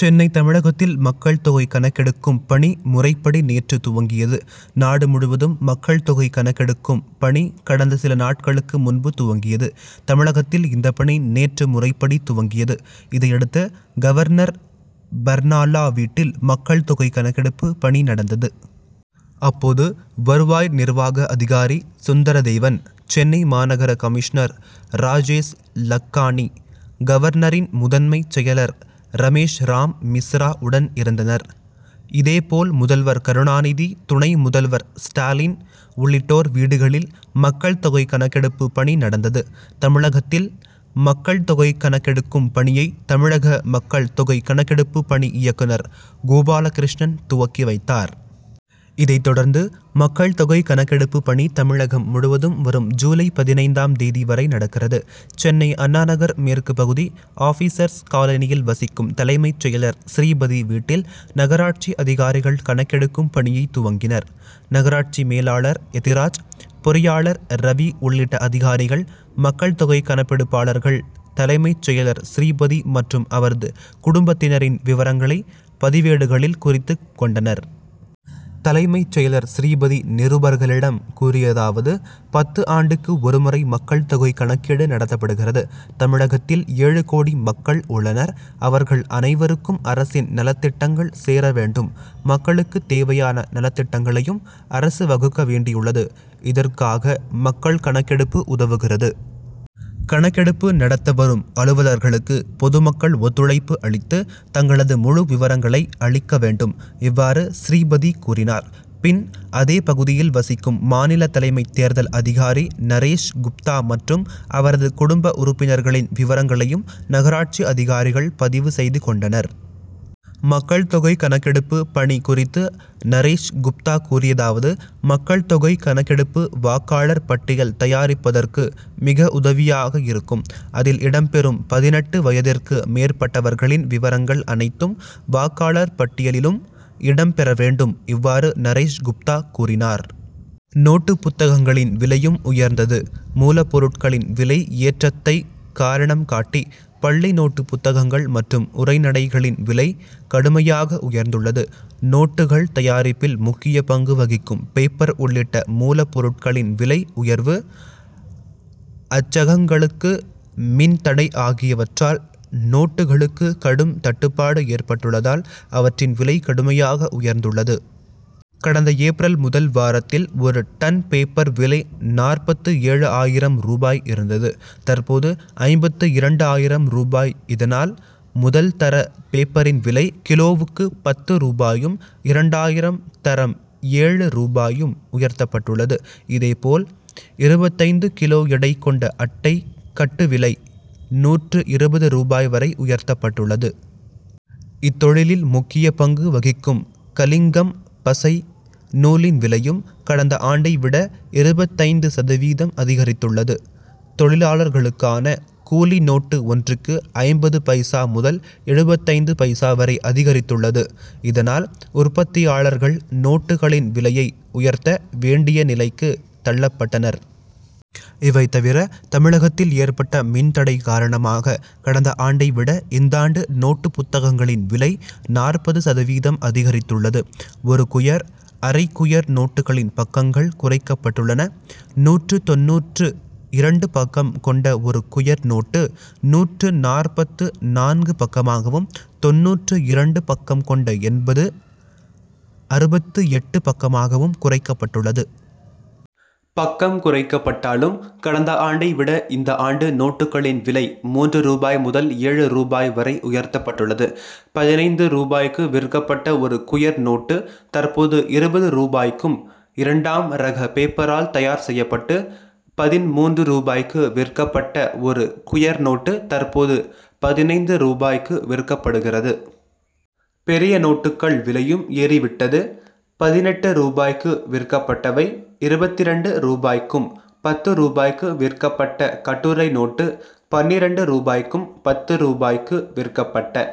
சென்னை தமிழகத்தில் மக்கள் தொகை கணக்கெடுக்கும் பணி, முறைப்படி நேற்று துவங்கியது. நாடு முழுவதும் மக்கள் தொகை கணக்கெடுக்கும் பணி கடந்த சில நாட்களுக்கு முன்பு துவங்கியது. தமிழகத்தில் இந்த பணி நேற்று முறைப்படி துவங்கியது. இதையடுத்த, கவர்னர் பர்னாலா வீட்டில் மக்கள் தொகை கணக்கெடுப்பு பணி நடந்தது. அப்போது வருவாய் நிர்வாக அதிகாரி சுந்தரதேவன், சென்னை மாநகர கமிஷ்னர் ராஜேஷ் லக்கானி, கவர்னரின் முதன்மைச் செயலர் ரமேஷ்ராம் மிஸ்ரா உடன் இருந்ததர். இதே போல் முதல்வர் கருணாநிதி, துணை முதல்வர் ஸ்டாலின் உள்ளிட்டோர் வீடுகளில் மக்கள் தொகை கணக்கெடுப்பு பணி நடந்தது. தமிழகத்தில் மக்கள் தொகை கணக்கெடுக்கும் பணியை, தமிழக மக்கள் தொகை கணக்கெடுப்பு பணி இயக்குனர் கோபாலகிருஷ்ணன் துவக்கி வைத்தார். இதைத் தொடர்ந்து மக்கள் தொகை கணக்கெடுப்பு பணி தமிழகம் முழுவதும் வரும் ஜூலை பதினைந்தாம் தேதி வரை நடக்கிறது. சென்னை அண்ணாநகர் மேற்கு பகுதி, ஆஃபீசர்ஸ் காலனியில் வசிக்கும் தலைமைச் செயலர் ஸ்ரீபதி வீட்டில் நகராட்சி அதிகாரிகள் கணக்கெடுக்கும் பணியை துவங்கினர். நகராட்சி மேலாளர் எத்திராஜ், பொறியாளர் ரவி உள்ளிட்ட அதிகாரிகள், மக்கள் தொகை கணக்கெடுப்பாளர்கள் தலைமைச் செயலர் ஸ்ரீபதி மற்றும் அவரது குடும்பத்தினரின் விவரங்களை, பதிவேடுகளில் குறித்துக் கொண்டனர். தலைமைச் செயலர் ஸ்ரீபதி, நிருபர்களிடம் கூறியதாவது: பத்து ஆண்டுக்கு ஒருமுறை மக்கள் தொகை கணக்கீடு நடத்தப்படுகிறது. தமிழகத்தில் ஏழு கோடி மக்கள் உள்ளனர். அவர்கள் அனைவருக்கும் அரசின் நலத்திட்டங்கள் சேர வேண்டும். மக்களுக்குத் தேவையான நலத்திட்டங்களையும் அரசு வகுக்க வேண்டியுள்ளது. இதற்காக, மக்கள் கணக்கெடுப்பு உதவுகிறது. கணக்கெடுப்பு நடத்த வரும் அலுவலர்களுக்கு பொதுமக்கள் ஒத்துழைப்பு அளித்து, தங்களது முழு விவரங்களை அளிக்க வேண்டும். இவ்வாறு ஸ்ரீபதி கூறினார். பின், அதே பகுதியில் வசிக்கும் மாநில தலைமைத் தேர்தல் அதிகாரி நரேஷ் குப்தா மற்றும் அவரது குடும்ப உறுப்பினர்களின் விவரங்களையும் நகராட்சி அதிகாரிகள் பதிவு செய்து கொண்டனர். மக்கள் தொகை கணக்கெடுப்பு பணி குறித்து நரேஷ் குப்தா கூறியதாவது: மக்கள் தொகை கணக்கெடுப்பு, வாக்காளர் பட்டியல் தயாரிப்பதற்கு மிக உதவியாக இருக்கும். அதில் இடம் பெறும் பதினெட்டு வயதிற்கு மேற்பட்டவர்களின் விவரங்கள் அனைத்தும், வாக்காளர் பட்டியலிலும் இடம் பெற வேண்டும். இவ்வாறு நரேஷ் குப்தா கூறினார். நோட்டுப் புத்தகங்களின் விலையும் உயர்ந்தது மூலப் பொருட்களின் விலை ஏற்றத்தை காரணம் காட்டி, பள்ளி நோட்டுப் புத்தகங்கள் மற்றும் உரைநடைகளின் விலை, கடுமையாக உயர்ந்துள்ளது. நோட்டுகள் தயாரிப்பில் முக்கிய பங்கு வகிக்கும் பேப்பர் உள்ளிட்ட மூலப் பொருட்களின் விலை உயர்வு, அச்சகங்களுக்கு மின் தடை ஆகியவற்றால், நோட்டுகளுக்கு கடும் தட்டுப்பாடு ஏற்பட்டுள்ளதால், அவற்றின் விலை கடுமையாக உயர்ந்துள்ளது. கடந்த ஏப்ரல் முதல் வாரத்தில், ஒரு டன் பேப்பர் விலை நாற்பத்து ஏழு ஆயிரம் ரூபாய் இருந்தது; தற்போது ஐம்பத்து இரண்டு ஆயிரம் ரூபாய். இதனால், முதல் தர பேப்பரின் விலை, கிலோவுக்கு பத்து ரூபாயும், இரண்டாயிரம்தரம் ஏழு ரூபாயும் உயர்த்தப்பட்டுள்ளது. இதே போல், இருபத்தைந்து கிலோ எடை கொண்ட அட்டை கட்டு விலை, நூற்று இருபது ரூபாய் வரை உயர்த்தப்பட்டுள்ளது. இத்தொழிலில் முக்கிய பங்கு வகிக்கும் கலிங்கம், பசை, நூலின் விலையும், கடந்த ஆண்டை விட, இருபத்தைந்து சதவீதம் அதிகரித்துள்ளது. தொழிலாளர்களுக்கான, கூலி நோட்டு ஒன்றுக்கு ஐம்பது பைசா முதல் எழுவத்தைந்து பைசா வரை அதிகரித்துள்ளது. இதனால், உற்பத்தியாளர்கள், நோட்டுகளின் விலையை உயர்த்த வேண்டிய நிலைக்கு தள்ளப்பட்டனர். இவை தவிர, தமிழகத்தில் ஏற்பட்ட மின் தடை காரணமாக, கடந்த ஆண்டை விட இந்தாண்டு நோட்டுப் புத்தகங்களின் விலை, நாற்பது சதவீதம் அதிகரித்துள்ளது. ஒரு குயர், அரை குயர் நோட்டுகளின் பக்கங்கள் குறைக்கப்பட்டுள்ளன. நூற்று தொண்ணூற்று இரண்டு பக்கம் கொண்ட ஒரு குயர் நோட்டு, நூற்று நாற்பத்து நான்கு பக்கமாகவும், தொண்ணூற்று இரண்டு பக்கம் கொண்ட என்பது, அறுபத்து எட்டு பக்கமாகவும் குறைக்கப்பட்டுள்ளது. பக்கம் குறைக்கப்பட்டாலும், கடந்த ஆண்டை விட இந்த ஆண்டு நோட்டுகளின் விலை, மூன்று ரூபாய் முதல் ஏழு ரூபாய் வரை உயர்த்தப்பட்டுள்ளது. பதினைந்து ரூபாய்க்கு விற்கப்பட்ட ஒரு குயர் நோட்டு, தற்போது இருபது ரூபாய்க்கும், இரண்டாம் ரக பேப்பரால் தயார் செய்யப்பட்டு, பதின்மூன்று ரூபாய்க்கு விற்கப்பட்ட ஒரு குயர் நோட்டு, தற்போது பதினைந்து ரூபாய்க்கு விற்கப்படுகிறது. பெரிய நோட்டுக்கள் விலையும் ஏறி விட்டது. பதினெட்டு ரூபாய்க்கு விற்கப்பட்டவை, இருபத்திரண்டு ரூபாய்க்கும், பத்து ரூபாய்க்கு விற்கப்பட்ட கட்டுரை நோட்டு, பன்னிரண்டு ரூபாய்க்கும், பத்து ரூபாய்க்கு விற்கப்பட்ட